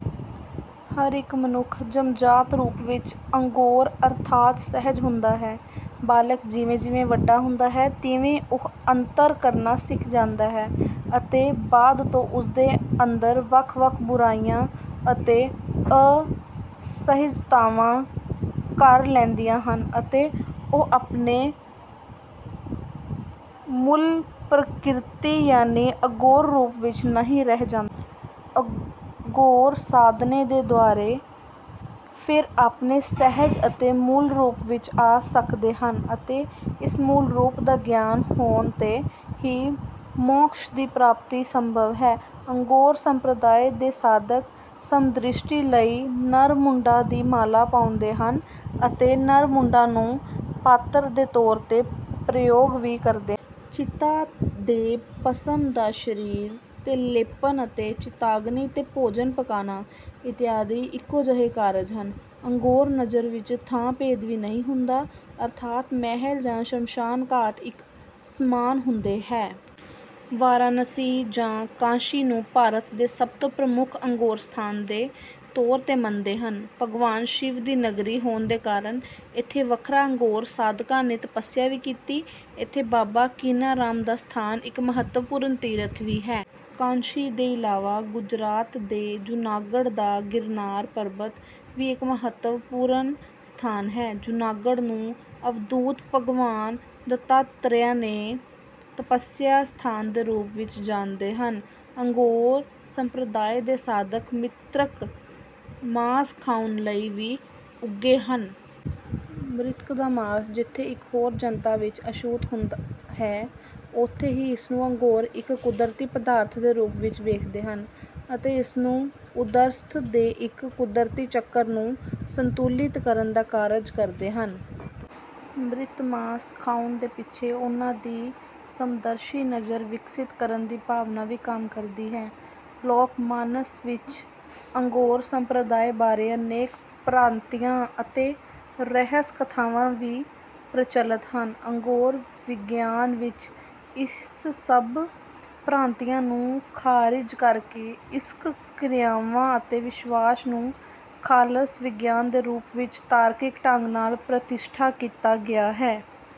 ਹਰ ਇੱਕ ਮਨੁੱਖ ਜੰਮਜਾਤ ਰੂਪ ਵਿੱਚ ਅਘੋਰ ਅਰਥਾਤ ਸਹਿਜ ਹੁੰਦਾ ਹੈ। ਬਾਲਕ ਜਿਵੇਂ ਜਿਵੇਂ ਵੱਡਾ ਹੁੰਦਾ ਹੈ ਤਿਵੇਂ ਉਹ ਅੰਤਰ ਕਰਨਾ ਸਿੱਖ ਜਾਂਦਾ ਹੈ ਅਤੇ ਬਾਅਦ ਤੋਂ ਉਸਦੇ ਅੰਦਰ ਵੱਖ-ਵੱਖ ਬੁਰਾਈਆਂ ਅਤੇ ਅਸਹਿਜਤਾਵਾਂ ਘਰ ਲੈਂਦੀਆਂ ਹਨ ਅਤੇ ਉਹ ਆਪਣੇ ਮੂਲ ਪਰਕਿਰਤੀ ਯਾਨੀ ਅਘੋਰ ਰੂਪ ਵਿੱਚ ਨਹੀਂ ਰਹਿ ਜਾਂਦਾ। ਅਘੋਰ ਸਾਧਨੇ ਦੇ ਦੁਆਰੇ ਫੇਰ ਆਪਣੇ ਸਹਿਜ ਅਤੇ ਮੂਲ ਰੂਪ ਵਿੱਚ ਆ ਸਕਦੇ ਹਨ ਅਤੇ ਇਸ ਮੂਲ ਰੂਪ ਦਾ ਗਿਆਨ ਹੋਣ 'ਤੇ ਹੀ ਮੋਕਸ਼ ਦੀ ਪ੍ਰਾਪਤੀ ਸੰਭਵ ਹੈ। ਅਘੋਰ ਸੰਪ੍ਰਦਾਏ ਦੇ ਸਾਧਕ ਸਮਦ੍ਰਿਸ਼ਟੀ ਲਈ ਨਰ ਮੁੰਡਾਂ ਦੀ ਮਾਲਾ ਪਾਓਂਦੇ ਹਨ ਅਤੇ ਨਰ ਮੁੰਡਾਂ ਨੂੰ ਪਾਤਰ ਦੇ ਤੌਰ 'ਤੇ ਪ੍ਰਯੋਗ ਵੀ ਕਰਦੇ ਹਨ। ਚਿਤਾ ਦੇ ਭਸਮ ਦਾ ਸਰੀਰ 'ਤੇ ਲੇਪਨ ਅਤੇ ਚਿਤਾਗਨੀ 'ਤੇ ਭੋਜਨ ਪਕਾਨਾ ਇਤਆਦਿ ਇੱਕੋ ਜਿਹੇ ਕਾਰਜ ਹਨ। ਅਘੋਰ ਨਜਰ ਵਿੱਚ ਥਾਂ ਭੇਦ ਵੀ ਨਹੀਂ ਹੁੰਦਾ ਅਰਥਾਤ ਮਹਲ ਜਾਂ ਸ਼ਮਸ਼ਾਨ ਘਾਟ ਇੱਕ ਸਮਾਨ ਹੁੰਦੇ ਹੈ। ਵਾਰਾਣਸੀ ਜਾਂ ਕਾਸ਼ੀ ਨੂੰ ਭਾਰਤ ਦੇ ਸਭ ਤੋਂ ਪ੍ਰਮੁੱਖ ਅਘੋਰ ਸਥਾਨ ਦੇ ਤੌਰ 'ਤੇ ਮੰਣਦੇ ਹਨ। ਭਗਵਾਨ ਸ਼ਿਵ ਦੀ ਨਗਰੀ ਹੋਣ ਦੇ ਕਾਰਨ ਇੱਥੇ ਵੱਖਰਾ ਅਘੋਰ ਸਾਧਕਾਂ ਨੇ ਤਪਸਿਆ ਵੀ ਕੀਤੀ ਹੈ। ਇੱਥੇ ਬਾਬਾ ਕੀਨਾਰਾਮ ਦਾ ਸਥਾਨ ਇੱਕ ਮਹੱਤਵਪੂਰਣ ਤੀਰਥ ਵੀ ਹੈ। ਕਾਸ਼ੀ ਦੇ ਇਲਾਵਾ ਗੁਜਰਾਤ ਦੇ ਜੂਨਾਗੜ੍ਹ ਦਾ ਗਿਰਨਾਰ ਪਰਬਤ ਵੀ ਇੱਕ ਮਹੱਤਵਪੂਰਣ ਸਥਾਨ ਹੈ। ਜੂਨਾਗੜ੍ਹ ਨੂੰ ਅਵਧੂਤ ਭਗਵਾਨ ਦੱਤਾਤਰੇਆ ਦੇ ਤਪਸਿਆ ਸਥਾਨ ਦੇ ਰੂਪ ਵਿੱਚ ਜਾਣਦੇ ਹਨ। ਅਘੋਰ ਸੰਪ੍ਰਦਾਏ ਦੇ ਸਾਧਕ ਮ੍ਰਿਤਕ ਮਾਸ ਖਾਉਣ ਲਈ ਵੀ ਉੱਘੇ ਹਨ। ਮ੍ਰਿਤਕ ਦਾ ਮਾਸ ਜਿੱਥੇ ਇੱਕ ਹੋਰ ਜਨਤਾ ਵਿੱਚ ਅਛੂਤ ਹੁੰਦਾ ਹੈ ਉੱਥੇ ਹੀ ਇਸਨੂੰ ਅਘੋਰ ਇੱਕ ਕੁਦਰਤੀ ਪਦਾਰਥ ਦੇ ਰੂਪ ਵਿੱਚ ਵੇਖਦੇ ਹਨ ਅਤੇ ਇਸਨੂੰ ਉਦਰਸਥ ਕੇ ਇੱਕ ਕੁਦਰਤੀ ਚੱਕਰ ਨੂੰ ਸੰਤੁਲਿਤ ਕਰਨ ਦਾ ਕਾਰਜ ਕਰਦੇ ਹਨ। ਮ੍ਰਿਤ ਮਾਸ ਖਾਉਣ ਦੇ ਪਿੱਛੇ ਉਨ੍ਹਾਂ ਦੀ ਸਮਦਰਸ਼ੀ ਨਜਰ ਵਿਕਸਿਤ ਕਰਨ ਦੀ ਭਾਵਨਾ ਵੀ ਕੰਮ ਕਰਦੀ ਹੈ। ਲੋਕ ਮਾਨਸ ਵਿੱਚ ਅਘੋਰ ਸੰਪ੍ਰਦਾਏ ਬਾਰੇ ਅਨੇਕ ਭਰਾਂਤੀਆ ਅਤੇ ਰਹੱਸ ਕਥਾਵਾਂ ਵੀ ਪ੍ਰਚੱਲਤ ਹਨ। ਅਘੋਰ ਵਿਗਿਆਨ ਵਿੱਚ ਇਸ ਸਭ ਭਰਾਂਤੀਆਂ ਨੂੰ ਖਾਰਿਜ ਕਰਕੇ ਇਸ ਕ ਕਿਰਿਆਵਾਂ ਅਤੇ ਵਿਸ਼ਵਾਸ ਨੂੰ ਖਾਲਸ ਵਿਗਿਆਨ ਦੇ ਰੂਪ ਵਿੱਚ ਤਾਰਕਿਕ ਢ਼ੰਗ ਨਾਲ ਪ੍ਰਤਿਸ਼ਠਾ ਕੀਤਾ ਗਿਆ ਹੈ।